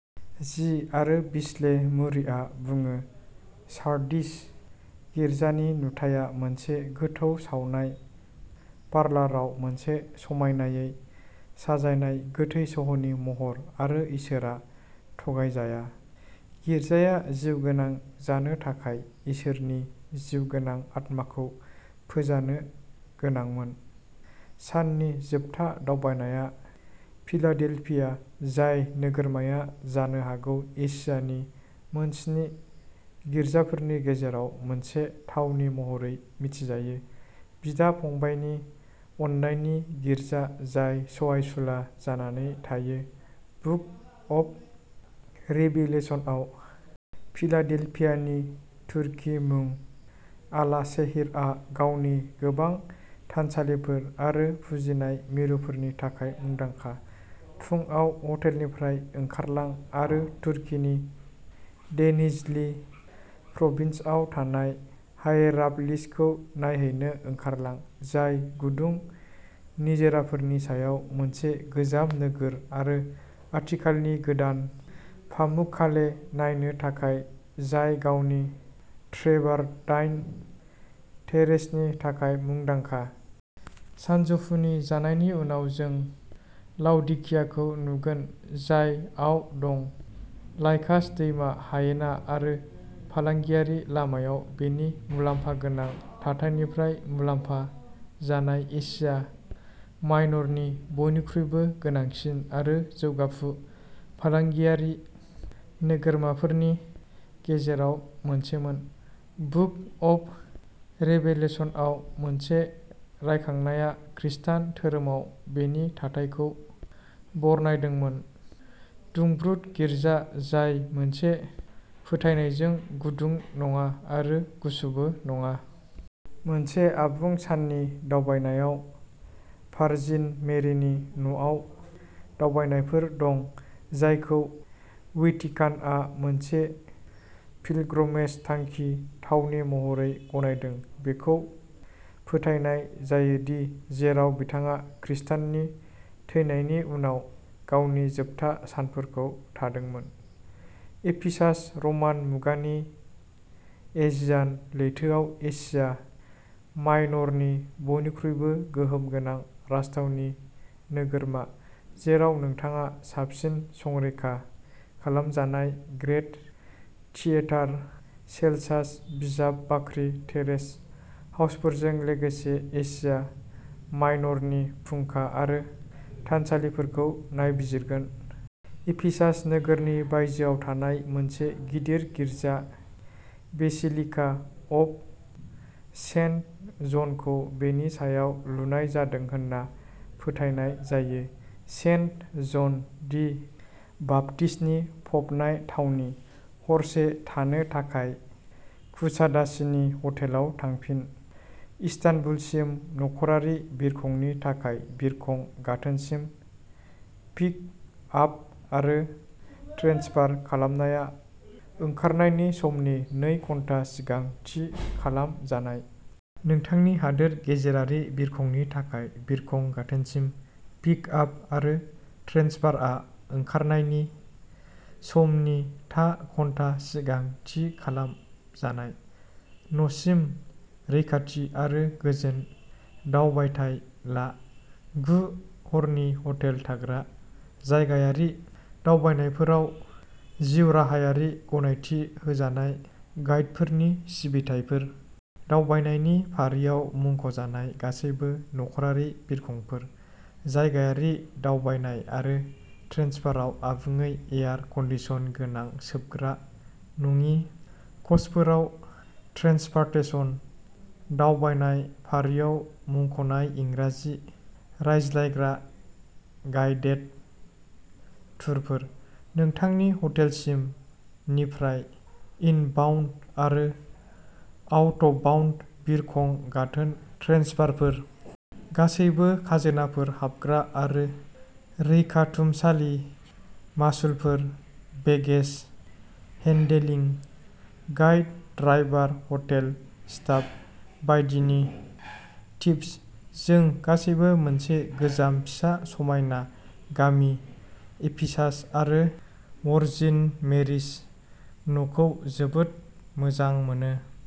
जि R बिस्ले मुरेआ बुङो सार्डिस गिर्जानि नुथाया मोनसे गोथै सावनाय पार्लाराव मोनसे समायनायै साजायनाय गोथै सह'नि महर आरो इसोरआ थगायजाया। गिर्जाया जिउगोनां जानो थाखाय इसोरनि जिउगोनां आत्माखौ फोजानो गोनांमोन। साननि जोबथा दावबायनाया फिलाडेल्फिया जाय नोगोरमाया जानो हागौ एशियानि मोनस्नि गिर्जाफोरनि गेजेराव मोनसे थावनि महरै मिथिजायो बिदा फंबायनि अननायनि गिर्जा जाय सहायसुला जानानै थायो बुक अफ रेभिलेशन आव। फिलाडेल्फियानि तुर्की मुं आलासेहिरआ गावनि गोबां थानसालिफोर आरो फुजिनाय मिरुफोरनि थाखाय मुंदांखा। फुंआव हटेलनिफ्राय ओंखारलां आरो तुर्कीनि डेनिज्लि प्रभिन्सआव थानाय हायेरापलिसखौ नायहैनो ओंखारलां जाय गुदुं निजोराफोरनि सायाव मोनसे गोजाम नोगोर आरो खाथिखालानि गोदान पामुक्काले नायनो थाखाय जाय गावनि ट्रेभारटाइन टेरेसनि थाखाय मुंदांखा। सानजौफुनि जानायनि उनाव जों लाव'डिकियाखौ नुगोन जाय आव दं। लाइकास दैमा हायेना आरो फालांगियारि लामायाव बेनि मुलाम्फागोनां थाथायनिफ्राय मुलाम्फा जानाय एसिया माइनरनि बयनिख्रुइबो गोनांसिन आरो जौगाफुनाय फालांगियारि नोगोरमाफोरनि गेजेराव मोनसेमोन। बुक अफ रेभेलेशनआव मोनसे रायखांनाया खृस्टान धोरोमाव बेनि थाथायखौ बरनायदोंमोन दुंब्रुद'गिर्जा जाय मोनसे फोथायनायजों गुदुं नङा आरो गुसुबो नङा। मोनसे आबुं साननि दावबायनायाव भार्जिन मेरिनि न'आव दावबायनायफोर दं जायखौ वेटिकानआ मोनसे पिल्ग्रमेज थांखि थावनि महरै गनायदों बेखौ फोथायनाय जायो दि जेराव बिथाङा खृष्टनि थैनायनि उनाव गावनि जोबथा सानफोरखौ थादोंमोन। एफिसास रमान मुगानि एजियान लैथोआव एसिया माइनरनि बयनिख्रुइबो गोहोम गोनां राजथावनि नोगोरमा जेराव नोंथाङा साबसिन संरैखा खालामजानाय ग्रेत थियेटार सेल्सास बिजाब बाख्रि टेरेस हाउसफोरजों लोगोसे एसिया माइनरनि फुंखा आरो थानसालिफोरखौ नायबिजिरगोन। एफिसास नोगोरनि बायजोआव थानाय मोनसे गिदिर गिर्जा बेसिलिका अफ सेन्ट जनखौ बेनि सायाव लुनाय जादों होनना फोथायनाय जायो। सेन्ट जन दि बाप्तिस्तनि फबनाय थावनि। हरसे थानो थाखाय कुसादासिनि हटेलाव थांफिन। इस्तानबुलसिम नखरारि बिरखंनि थाखाय बिरखं गाथोनसिम पिकआप आरो ट्रेन्सफार खालामनाया ओंखारनायनि समनि नै घन्टा सिगां थि खालाम जानाय। नोंथांनि हादोर गेजेरारि बिरखंनि थाखाय बिरखं गाथोनसिम पिकआप आरो ट्रेन्सफारआ ओंखारनायनि समनि था घन्टा सिगां थि खालाम जानाय। न'सिम रैखाथि आरो गोजोन दावबायथाय ला। गु हरनि हटेल थाग्रा। जायगायारि दावबायनायफोराव जिउराहायारि गनायथि होजानाय गाइडफोरनि सिबिथाइफोर। दावबायनायनि फारियाव मुंख'जानाय गासैबो नखरारि बिरखंफोर। जायगायारि दावबायनाय आरो ट्रेन्सफाराव आबुङै एयार कन्डिसन गोनां सोबग्रा नङि कचफोराव ट्रेन्सपारतेसन। दावबायनाय फारियाव मुंख'नाय इंराजि रायज्लायग्रा गाइडेड टुरफोर। नोंथांनि हटेलसिम निफ्राय इनबाउन्ड आरो आउटबाउन्ड बिरखं गाथोन ट्रेन्सफारफोर। गासैबो खाजोनाफोर हाबग्रा आरो रैखाथुमसालि मासुलफोर baggage handling. Guide driver hotel staff बायदिनि टिप्स। जों गासैबो मोनसे गोजाम फिसा समायना गामि एफिसास आरो वर्जिन मेरिस न'खौ जोबोद मोजां मोनो।